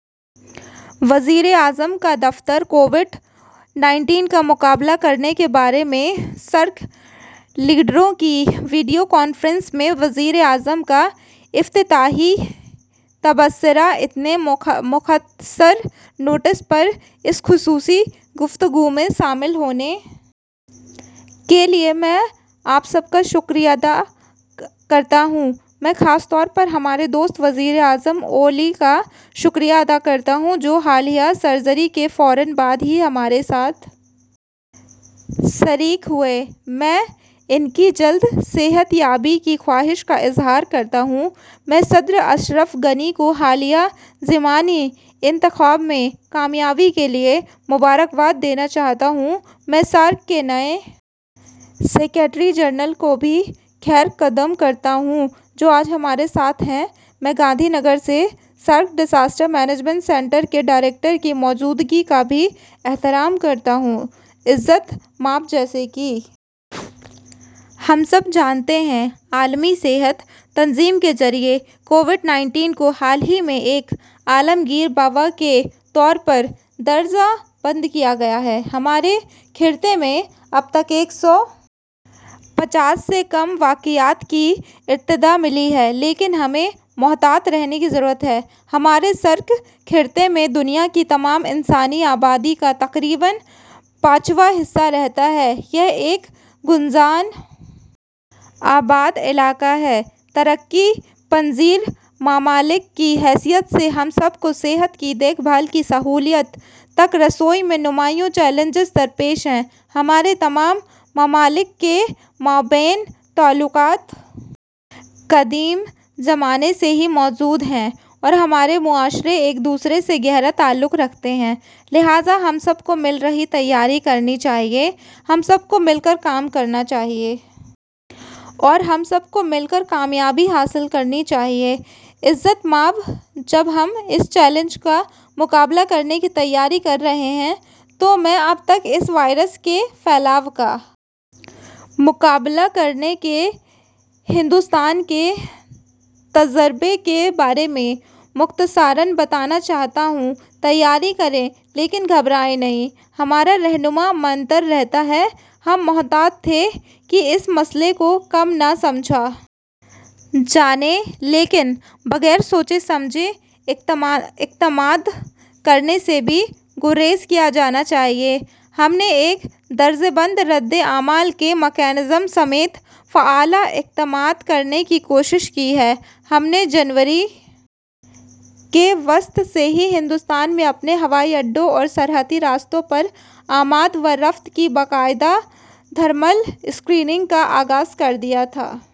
وزیر اعظم کا دفتر کووڈ انیس کا مقابلہ کرنے کے بارے میں سارک لیڈروں کی ویڈیو کانفرنس میں وزیر اعظم کا افتتاحی تبصرہ اتنے مختصر نوٹس پر اس خصوصی گفتگو میں شامل ہونے کے لیے میں آپ سب کا شکریہ ادا کرتا ہوں میں خاص طور پر ہمارے دوست وزیر اعظم اولی کا شکریہ ادا کرتا ہوں جو حالیہ سرجری کے فوراً بعد ہی ہمارے ساتھ شریک ہوئے میں ان کی جلد صحتیابی کی خواہش کا اظہار کرتا ہوں میں صدر اشرف غنی کو حالیہ ضمنی انتخاب میں کامیابی کے لیے مبارکباد دینا چاہتا ہوں میں سارک کے نئے سکریٹری جنرل کا بھی خیرمقدم کرتا ہوں جو آج ہمارے ساتھ ہیں میں گاندھی نگر سے سارک ڈیزاسٹر مینجمنٹ سنٹر کے ڈائریکٹر کی موجودگی کا بھی احترام کرتا ہوں عزت مآب جیسا کہ ہم سب جانتے ہیں عالمی صحت تنظیم کے ذریعہ کووڈ انیس کو حال ہی میں ایک عالمگیر وبا کے طور پر درجہ بند کیا گیا ہے ہمارے خطے میں اب تک ایک سو پچاس سے کم واقعات کی اطلاع ملی ہے لیکن ہمیں محتاط رہنے کی ضرورت ہے ہمارے سارک خطے میں دنیا کی تمام انسانی آبادی کا تقریباً پانچواں حصہ رہتا ہے یہ ایک گنجان آباد علاقہ ہے ترقی پذیر ممالک کی حیثیت سے ہم سب کو صحت کی دیکھ بھال کی سہولیات تک رسائی میں نمایاں چیلنجز درپیش ہیں ہمارے تمام ممالک کے شہریوں کے مابین تعلقات قدیم زمانے سے ہی موجود ہیں اور ہمارے معاشرے ایک دوسرے سے گہرا تعلق رکھتے ہیں لہذا ہم سب کو مل کر تیاری کرنی چاہیے ہم سب کو مل کر کام کرنا چاہیے اور ہم سب کو مل کر کامیابی حاصل کرنی چاہیے عزت مآب جب ہم اس چیلنج کا مقابلہ کرنے کی تیاری کر رہے ہیں تو میں اب تک اس وائرس کے پھیلاؤ کا مقابلہ کرنے کے ہندوستان کے تجربے کے بارے میں مختصراً بتانا چاہتا ہوں تیاری کریں لیکن گھبرائیں نہیں ہمارا رہنما منتر رہا ہے ہم محتاط تھے کہ اس مسئلے کو کم نہ سمجھا جائے لیکن بغیر سوچے سمجھے اقدامات کرنے سے بھی گریز کیا جانا چاہیے ہم نے ایک درجہ بند رد عمل کے میکانزم سمیت فعال اقدامات کرنے کی کوشش کی ہے ہم نے جنوری کے وسط سے ہی ہندوستان میں اپنے ہوائی اڈوں اور سرحدی راستوں پر آمد و رفت کی باقاعدہ تھرمل اسکریننگ کا آغاز کر دیا تھا